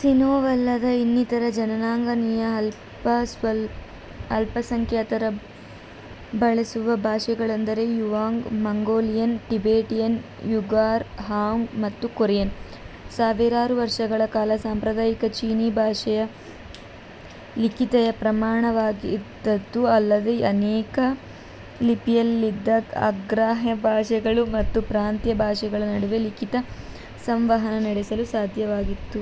ಸಿನೋವಲ್ಲದ ಇನ್ನಿತರ ಜನಾಂಗೀಯ ಅಲ್ಪಸಂಖ್ಯಾತರು ಬಳಸುವ ಭಾಷೆಗಳೆಂದರೆ Zhuang, Mongolian, Tibetan, Uyghur, Hmong ಮತ್ತು ಕೊರಿಯನ್. ಸಾವಿರಾರು ವರ್ಷಗಳ ಕಾಲ ಸಾಂಪ್ರದಾಯಿಕ ಚೀನೀ ಭಾಷೆಯು ಲಿಖಿತ ಪ್ರಮಾಣವಾಗಿದ್ದಿತು, ಅಲ್ಲದೇ ಅನೇಕ ಲಿಪಿಯಿಲ್ಲದ, ಅಗ್ರಾಹ್ಯ ಭಾಷೆಗಳು ಮತ್ತು ಪ್ರಾಂತ್ಯ ಭಾಷೆಗಳ ನಡುವೆ ಲಿಖಿತ ಸಂವಹನ ನಡೆಸಲು ಸಾಧ್ಯವಾಗಿಸಿತ್ತು.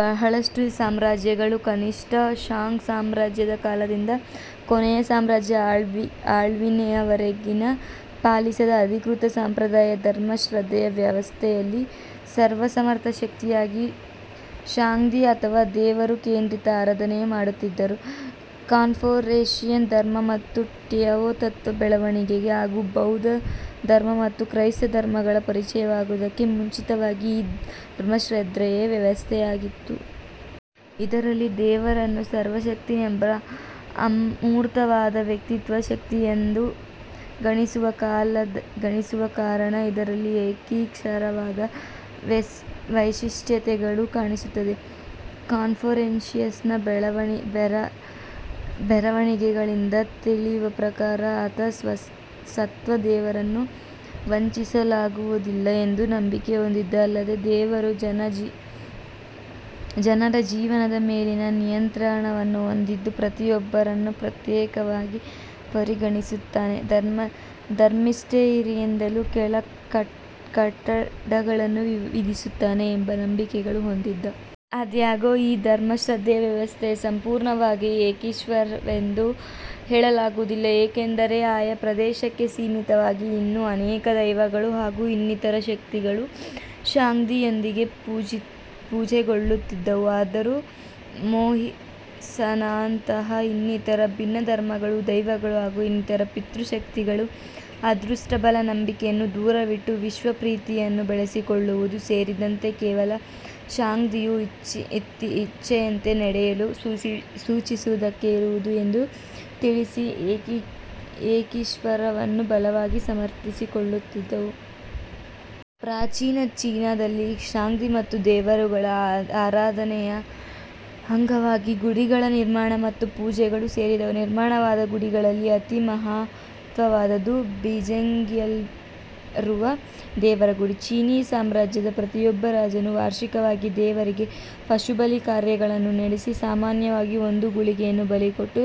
ಬಹಳಷ್ಟು ಸಾಮ್ರಾಜ್ಯಗಳು ಕನಿಷ್ಟ ಷಾಂಗ್ ಸಾಮ್ರಾಜ್ಯ ದ ಕಾಲದಿಂದ ಕೊನೆಯ ಸಾಮ್ರಾಜ್ಯದ ಅಳಿವಿನವರೆಗಿನ ಪಾಲಿಸಿದ "ಅಧಿಕೃತ" ಸಂಪ್ರದಾಯ ಧರ್ಮಶ್ರದ್ಧೆಯ ವ್ಯವಸ್ಥೆಯಲ್ಲಿ ಸರ್ವಸಮರ್ಥ ಶಕ್ತಿ ಯಾಗಿ ಷಾಂಗ್ದಿ ಅಥವಾ " ದೇವರು " ಕೇಂದ್ರಿತ ಆರಾಧನೆ ಮಾಡುತ್ತಿದ್ದರು. ಕನ್ಫ್ಯೂಷಿಯನ್ ಧರ್ಮ ಮತ್ತು ಟಾವೋ ತತ್ವ ಬೆಳವಣಿಗೆ ಹಾಗೂ ಬೌದ್ಧ ಧರ್ಮ ಮತ್ತು ಕ್ರೈಸ್ತ ಧರ್ಮಗಳ ಪರಿಚಯವಾಗುವುದಕ್ಕೆ ಮುಂಚಿತವಾಗಿ ಈ ಧರ್ಮಶ್ರದ್ಧೆಯ ವ್ಯವಸ್ಥೆಯಿತ್ತು.. ಇದರಲ್ಲಿ ದೇವರನ್ನು ಸರ್ವಶಕ್ತನೆಂಬ ಅಮೂರ್ತವಾದ ವ್ಯಕ್ತಿತ್ವದ ಶಕ್ತಿಯೆಂದು ಗಣಿಸುವ ಕಾರಣ ಇದರಲ್ಲಿ ಏಕೀಶ್ವರವಾದದ ವೈಶಿಷ್ಟ್ಯತೆಗಳು ಕಾಣಿಸುತ್ತದೆ. ಕನ್ಫ್ಯೂಷಿಯಸ್ನ ಬರವಣಿಗೆಗಳಿಂದ ತಿಳಿಯುವ ಪ್ರಕಾರ, ಆತ ಸ್ವತಃ ದೇವರನ್ನು ವಂಚಿಸುವುದಕ್ಕಾಗುವುದಿಲ್ಲ ಎಂದು ನಂಬಿಕೆ ಹೊಂದಿದ್ದ, ಅಲ್ಲದೇ ದೇವರು ಜನರ ಜೀವನದ ಮೇಲೆ ನಿಯಂತ್ರಣವನ್ನು ಹೊಂದಿದ್ದು, ಪ್ರತಿಯೊಬ್ಬರನ್ನು ಪ್ರತ್ಯೇಕವಾಗಿ ಪರಿಗಣಿಸುತ್ತಾನೆ, ಧರ್ಮಿಷ್ಠತೆ ಯಿಂದಿರಲು ಕೆಲ ಕಟ್ಟಳೆಗಳನ್ನು ವಿಧಿಸುತ್ತಾನೆ ಎಂಬ ನಂಬಿಕೆಗಳನ್ನು ಹೊಂದಿದ್ದ. ಆದಾಗ್ಯೂ ಈ ಧರ್ಮಶ್ರದ್ಧೆಯ ವ್ಯವಸ್ಥೆಯು ಸಂಪೂರ್ಣವಾಗಿ ಏಕೀಶ್ವರವೆಂದು ಹೇಳಲಾಗುವುದಿಲ್ಲ, ಏಕೆಂದರೆ ಆಯಾ ಪ್ರದೇಶಕ್ಕೆ ಸೀಮಿತವಾಗಿ ಇನ್ನೂ ಅನೇಕ ದೈವಗಳು ಹಾಗೂ ಇನ್ನಿತರ ಶಕ್ತಿಗಳು ಷಾಂಗ್ದಿ ಯೊಂದಿಗೆ ಪೂಜೆಗೊಳ್ಳುತ್ತಿದ್ದವು. ಆದರೂ ಮೋಹಿಸಂನಂತಹಾ ಇನ್ನಿತರ ಭಿನ್ನ ಧರ್ಮಗಳು, ದೈವಗಳು ಹಾಗೂ ಇನ್ನಿತರ ಪಿತೃ ಶಕ್ತಿಗಳು ಅದೃಷ್ಟಬಲ ನಂಬಿಕೆ ಯನ್ನು ದೂರವಿಟ್ಟು, "ವಿಶ್ವ ಪ್ರೀತಿ"ಯನ್ನು ಬೆಳೆಸಿಕೊಳ್ಳುವುದೂ ಸೇರಿದಂತೆ ಕೇವಲ ಷಾಂಗ್ದಿ ಯ ಇಚ್ಛೆಯಂತೆ ನಡೆಯಲು ಸೂಚಿಸುವುದಕ್ಕೆ ಇರುವುದು ಎಂದು ತಿಳಿಸಿ ಏಕೀಶ್ವರವಾದವನ್ನು ಬಲವಾಗಿ ಸಮರ್ಥಿಸಿಕೊಳ್ಳುತ್ತಿದ್ದವು. ಪ್ರಾಚೀನ ಚೀನಾದಲ್ಲಿ ಷಾಂಗ್ದಿ ಮತ್ತು ದೇವರುಗಳ ಆರಾಧನೆಯ ಅಂಗವಾಗಿ ಗುಡಿಗಳ ನಿರ್ಮಾಣ ಮತ್ತು ಪೂಜೆಗಳು ಸೇರಿದ್ದವು. ನಿರ್ಮಾಣವಾದ ಗುಡಿಗಳಲ್ಲಿ ಅತಿ ಮಹತ್ವವಾದದ್ದು ಬೀಜಿಂಗ್ನಲ್ಲಿರುವ ದೇವರ ಗುಡಿ. ಚೀನೀ ಸಾಮ್ರಾಜ್ಯದ ಪ್ರತಿಯೊಬ್ಬ ರಾಜನೂ ವಾರ್ಷಿಕವಾಗಿ ದೇವರಿಗೆ ಪಶುಬಲಿ ಕಾರ್ಯ ಗಳನ್ನು ನಡೆಸಿ ಸಾಮಾನ್ಯವಾಗಿ ಒಂದು ಗೂಳಿಯನ್ನು ಬಲಿಕೊಟ್ಟು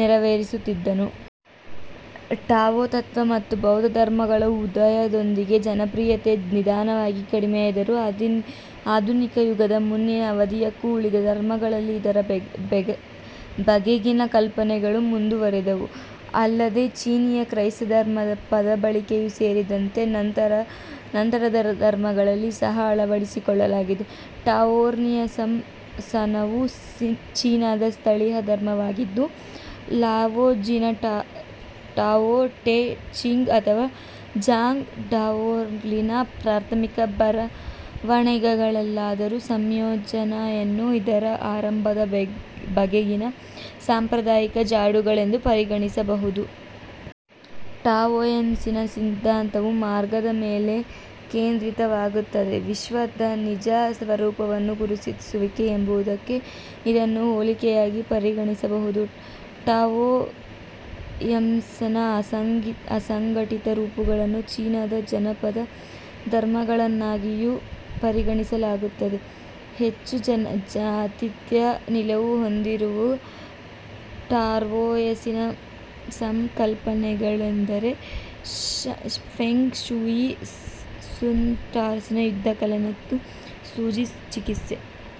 ನೆರವೇರಿಸುತ್ತಿದ್ದನು. ಟಾವೋ ತತ್ವ ಮತ್ತು ಬೌದ್ಧ ಧರ್ಮಗಳ ಉದಯದೊಂದಿಗೆ ಜನಪ್ರಿಯತೆ ನಿಧಾನವಾಗಿ ಕಡಿಮೆಯಾದರೂ, ಆಧುನಿಕಯುಗದ ಮುನ್ನಿನ ಅವಧಿಯುದ್ದಕ್ಕೂ ಉಳಿದ ಧರ್ಮಗಳಲ್ಲಿ ಇದರ ಬಗೆಗಿನ ಕಲ್ಪನೆಗಳು ಮುಂದುವರೆದವು, ಅಲ್ಲದೇ ಚೀನೀಯ ಕ್ರೈಸ್ತಧರ್ಮದ ಪದಬಳಕೆಯೂ ಸೇರಿದಂತೆ ನಂತರದ ಧರ್ಮಗಳಲ್ಲಿ ಸಹಾ ಅಳವಡಿಸಿಕೊಳ್ಳಲಾಗಿದೆ. ಟಾವೋಯಿಸಂವು ಚೀನಾದ ಸ್ಥಳೀಯ ಧರ್ಮವಾಗಿದ್ದು, ಲಾವೋ ಝಿನ ಟಾವೋ ಟೆ ಚಿಂಗ್ ಅಥವಾ ಝಾಂಗ್ ಡಾವೋಲಿಂಗ್ನ ಪ್ರಾಥಮಿಕ ಬರವಣಿಗೆಗಳೆಲ್ಲದರ ಸಂಯೋಜನೆಯನ್ನು ಇದರ ಆರಂಭದ ಬಗೆಗಿನ ಸಾಂಪ್ರದಾಯಿಕ ಜಾಡುಗಳೆಂದು ಪರಿಗಣಿಸಬಹುದು. ಟಾವೋಯಿಸಂನ ಸಿದ್ಧಾಂತವು " ಮಾರ್ಗ "ದ ಮೇಲೆ ಕೇಂದ್ರಿತವಾಗಿದೆ; ವಿಶ್ವದ ನಿಜ ಸ್ವರೂಪವನ್ನು ಗುರುತಿಸುವಿಕೆ ಎಂಬುದಕ್ಕೆ ಇದನ್ನು ಹೋಲಿಕೆಯಾಗಿ ಪರಿಗಣಿಸಬಹುದು. ಟಾವೋಯಿಸಂನ ಅಸಂಘಟಿತ ರೂಪಗಳನ್ನು ಚೀನಾದ ಜನಪದ ಧರ್ಮಗಳನ್ನಾಗಿಯೂ ಪರಿಗಣಿಸಲಾಗುತ್ತದೆ. ಹೆಚ್ಚು ಜಾತ್ಯಾತೀತ ನಿಲುವು ಹೊಂದಿರುವ ಟಾವೋಯಿಸಂನ ಕಲ್ಪನೆಗಳೆಂದರೆ ಫೆಂಗ್ ಶೂಯಿ, ಸುನ್ ಟ್ಸುನ ಯುದ್ಧಕಲೆ, ಮತ್ತು ಸೂಜಿ ಚಿಕಿತ್ಸೆ.